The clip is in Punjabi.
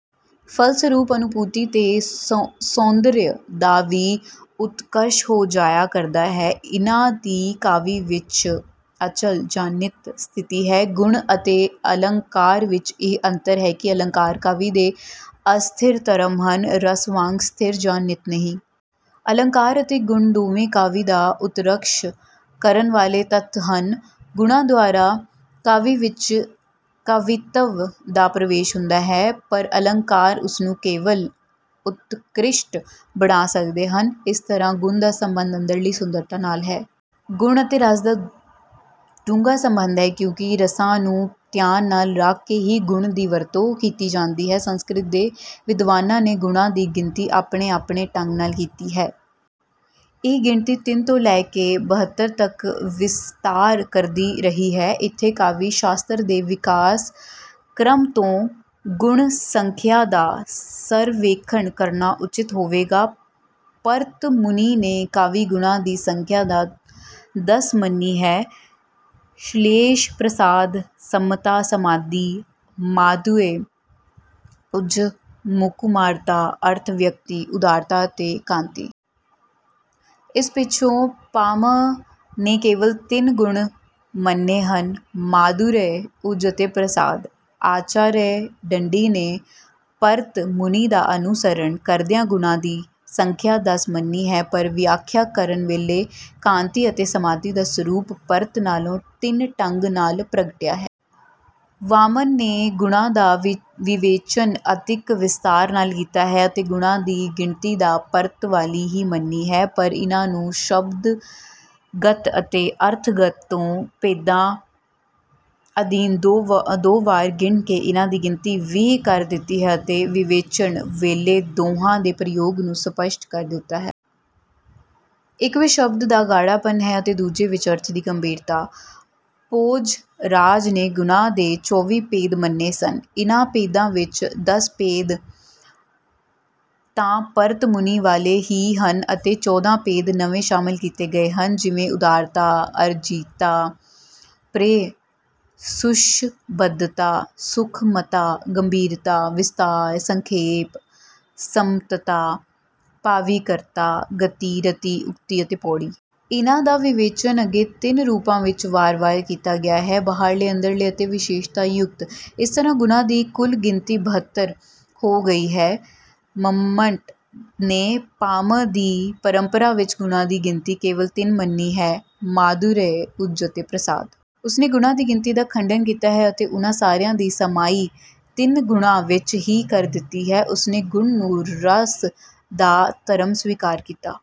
ਫਲਸਰੂਪ ਅਨੁਭੂਤੀ ਦੇ ਸੌਂਦਰਯ ਦਾ ਵੀ ਉਤਕਰਸ਼ ਹੋ ਜਾਇਆ ਕਰਦਾ ਹੈ। ਇਨ੍ਹਾਂ ਦੀ ਕਾਵਿ ਵਿੱਚ ਅਚਲ ਜਾਂ ਨਿੱਤ ਸਥਿਤੀ ਹੈ। ਗੁਣ ਅਤੇ ਅਲੰਕਾਰ ਵਿੱਚ ਇਹ ਅੰਤਰ ਹੈ ਕਿ ਅਲੰਕਾਰ ਕਾਵਿ ਦੇ ਅਸਥਿਰ ਧਰਮ ਹਨ, ਰਸ ਵਾਂਗ ਸਥਿਰ ਜਾਂ ਨਿੱਤ ਨਹੀਂ। ਅਲੰਕਾਰ ਅਤੇ ਗੁਣ ਦੋਵੇਂ ਕਾਵਿ ਦਾ ਉਤਕਰਸ਼ ਕਰਨ ਵਾਲੇ ਤੱਤ ਹਨ। ਗੁਣਾਂ ਦੁਆਰਾ ਕਾਵਿ ਵਿੱਚ ਕਾਵਿਤਵ ਦਾ ਪ੍ਰਵੇਸ਼ ਹੁੰਦਾ ਹੈ, ਪਰ ਅਲੰਕਾਰ ਉਸਨੂੰ ਕੇਵਲ ਉਤਕ੍ਰਿਸ਼ਟ ਬਣਾ ਸਕਦੇ ਹਨ। ਇਸ ਤਰ੍ਹਾਂ ਗੁਣ ਦਾ ਸਬੰਧ ਅੰਦਰਲੀ ਸੁੰਦਰਤਾ ਨਾਲ ਹੈ। ਗੁਣ ਅਤੇ ਰਸ ਦਾ ਡੂੰਘਾ ਸਬੰਧ ਹੈ, ਕਿਉਂਕਿ ਰਸਾਂ ਨੂੰ ਧਿਆਨ ਵਿੱਚ ਰੱਖ ਕੇ ਹੀ ਗੁਣ ਦੀ ਵਰਤੋਂ ਕੀਤੀ ਜਾਂਦੀ ਹੈ। ਸੰਸਕ੍ਰਿਤ ਦੇ ਵਿਦਵਾਨਾਂ ਨੇ ਗੁਣਾਂ ਦੀ ਗਿਣਤੀ ਆਪਣੇ-ਆਪਣੇ ਢੰਗ ਨਾਲ ਕੀਤੀ ਹੈ। ਇਹ ਗਿਣਤੀ ਤਿੰਨ ਤੋਂ ਲੈ ਕੇ ਬਹੱਤਰ ਤੱਕ ਵਿਸਤਾਰ ਕਰਦੀ ਰਹੀ ਹੈ। ਇੱਥੇ ਕਾਵਿ-ਸ਼ਾਸਤਰ ਦੇ ਵਿਕਾਸ ਕ੍ਰਮ ਤੋਂ ਗੁਣ-ਸੰਖਿਆ ਦਾ ਸਰਵੇਖਣ ਕਰਨਾ ਉਚਿਤ ਹੋਵੇਗਾ। ਭਰਤ ਮੁਨੀ ਨੇ ਕਾਵਿ-ਗੁਣਾਂ ਦੀ ਸੰਖਿਆ ਦਸ ਮੰਨੀ ਹੈ - ਸ਼ਲੇਸ਼, ਪ੍ਰਸਾਦ, ਸਮਤਾ, ਸਮਾਧੀ, ਮਾਧੁਰਯ, ਓਜ, ਸੁਕੁਮਾਰਤਾ, ਅਰਥ-ਵਿਅਕਤੀ, ਉਦਾਰਤਾ ਅਤੇ ਕਾਂਤੀ। ਇਸ ਪਿੱਛੋਂ ਭਾਮਹ ਨੇ ਕੇਵਲ ਤਿੰਨ ਗੁਣ ਮੰਨੇ ਹਨ - ਮਾਧੁਰਯ, ਓਜ ਅਤੇ ਪ੍ਰਸਾਦ। ਆਚਾਰਯ ਦੰਡੀ ਨੇ ਭਰਤ ਮੁਨੀ ਦਾ ਅਨੁਸਰਣ ਕਰਦਿਆਂ ਗੁਣਾਂ ਦੀ ਸੰਖਿਆ ਦਸ ਮੰਨੀ ਹੈ, ਪਰ ਵਿਆਖਿਆ ਕਰਨ ਵੇਲੇ ਕਾਂਤੀ ਅਤੇ ਸਮਾਧੀ ਦਾ ਸਰੂਪ ਭਰਤ ਨਾਲੋਂ ਭਿੰਨ ਢੰਗ ਨਾਲ ਪ੍ਰਗਟਾਇਆ ਹੈ। ਵਾਮਨ ਨੇ ਗੁਣਾਂ ਦਾ ਵਿਵੇਚਨ ਅਧਿਕ ਵਿਸਤਾਰ ਨਾਲ ਕੀਤਾ ਹੈ ਅਤੇ ਗੁਣਾਂ ਦੀ ਗਿਣਤੀ ਤਾਂ ਭਰਤ ਵਾਲੀ ਹੀ ਮੰਨੀ ਹੈ, ਪਰ ਇਨ੍ਹਾਂ ਨੂੰ ਸ਼ਬਦਗਤ ਅਤੇ ਅਰਥਗਤ ਦੋ ਭੇਦਾਂ ਅਧੀਨ ਦੋ ਵਾਰ ਗਿਣ ਕੇ ਇਨ੍ਹਾਂ ਦੀ ਗਿਣਤੀ ਵੀਹ ਕਰ ਦਿੱਤੀ ਹੈ ਅਤੇ ਵਿਵੇਚਨ ਵੇਲੇ ਦੋਹਾਂ ਦੇ ਪ੍ਰਯੋਜਨ ਨੂੰ ਸਪੱਸ਼ਟ ਕਰ ਦਿੱਤਾ ਹੈ। ਇੱਕ ਵਿੱਚ ਸ਼ਬਦ ਦਾ ਗਾੜ੍ਹਾਪਨ ਹੈ ਅਤੇ ਦੂਜੇ ਵਿੱਚ ਅਰਥ ਦੀ ਗੰਭੀਰਤਾ ਹੈ। ਭੋਜਰਾਜ ਨੇ ਗੁਣਾਂ ਦੇ ਚੌਵੀ ਭੇਦ ਮੰਨੇ ਹਨ। ਇਨ੍ਹਾਂ ਭੇਦਾਂ ਵਿੱਚ ਦਸ ਭੇਦ ਤਾਂ ਭਰਤ ਮੁਨੀ ਵਾਲੇ ਹੀ ਹਨ ਅਤੇ ਚੌਦਾਂ ਭੇਦ ਨਵੇਂ ਸ਼ਾਮਲ ਕੀਤੇ ਗਏ ਹਨ, ਜਿਵੇਂ ਉਦਾਰਤਾ, ਅਰਜਿਤਾ, ਪ੍ਰੇਅ, ਸੁਸ਼ਬਦਤਾ, ਸੂਖਮਤਾ, ਗੰਭੀਰਤਾ, ਵਿਸਤਾਰ, ਸੰਖੇਪ, ਸਮਿਤਤਾ, ਭਾਵਿਕਤਾ, ਗਤਿ, ਰੀਤਿ, ਉਕਤੀ ਅਤੇ ਪੌੜ੍ਹੀ। ਇਨ੍ਹਾਂ ਦਾ ਵਿਵੇਚਨ ਅੱਗੇ ਤਿੰਨ ਰੂਪਾਂ ਵਿੱਚ ਵਾਰ-ਵਾਰ ਕੀਤਾ ਗਿਆ ਹੈ - ਬਾਹਰਲੇ, ਅੰਦਰਲੇ ਅਤੇ ਵਿਸ਼ੇਸ਼ਤਾ-ਯੁਕਤ। ਇਸ ਤਰ੍ਹਾਂ ਗੁਣਾਂ ਦੀ ਕੁੱਲ ਗਿਣਤੀ ਬਹੱਤਰ ਹੋ ਗਈ ਹੈ। ਮੰਮਟ ਨੇ ਭਾਮਹ ਦੀ ਪਰੰਪਰਾ ਵਿੱਚ ਗੁਣਾਂ ਦੀ ਗਿਣਤੀ ਕੇਵਲ ਤਿੰਨ ਮੰਨੀ ਹੈ - ਮਾਧੁਰਯ, ਓਜ ਅਤੇ ਪ੍ਰਸਾਦ। ਉਸਨੇ ਗੁਣਾਂ ਦੀ ਗਿਣਤੀ ਦਾ ਖੰਡਨ ਕੀਤਾ ਹੈ ਅਤੇ ਉਨ੍ਹਾਂ ਸਾਰਿਆਂ ਦੀ ਸਮਾਈ ਤਿੰਨ ਗੁਣਾਂ ਵਿੱਚ ਹੀ ਕਰ ਦਿੱਤੀ ਹੈ। ਉਸਨੇ ਗੁਣ ਨੂੰ ਰਸ ਦਾ ਧਰਮ ਸਵੀਕਾਰ ਕੀਤਾ।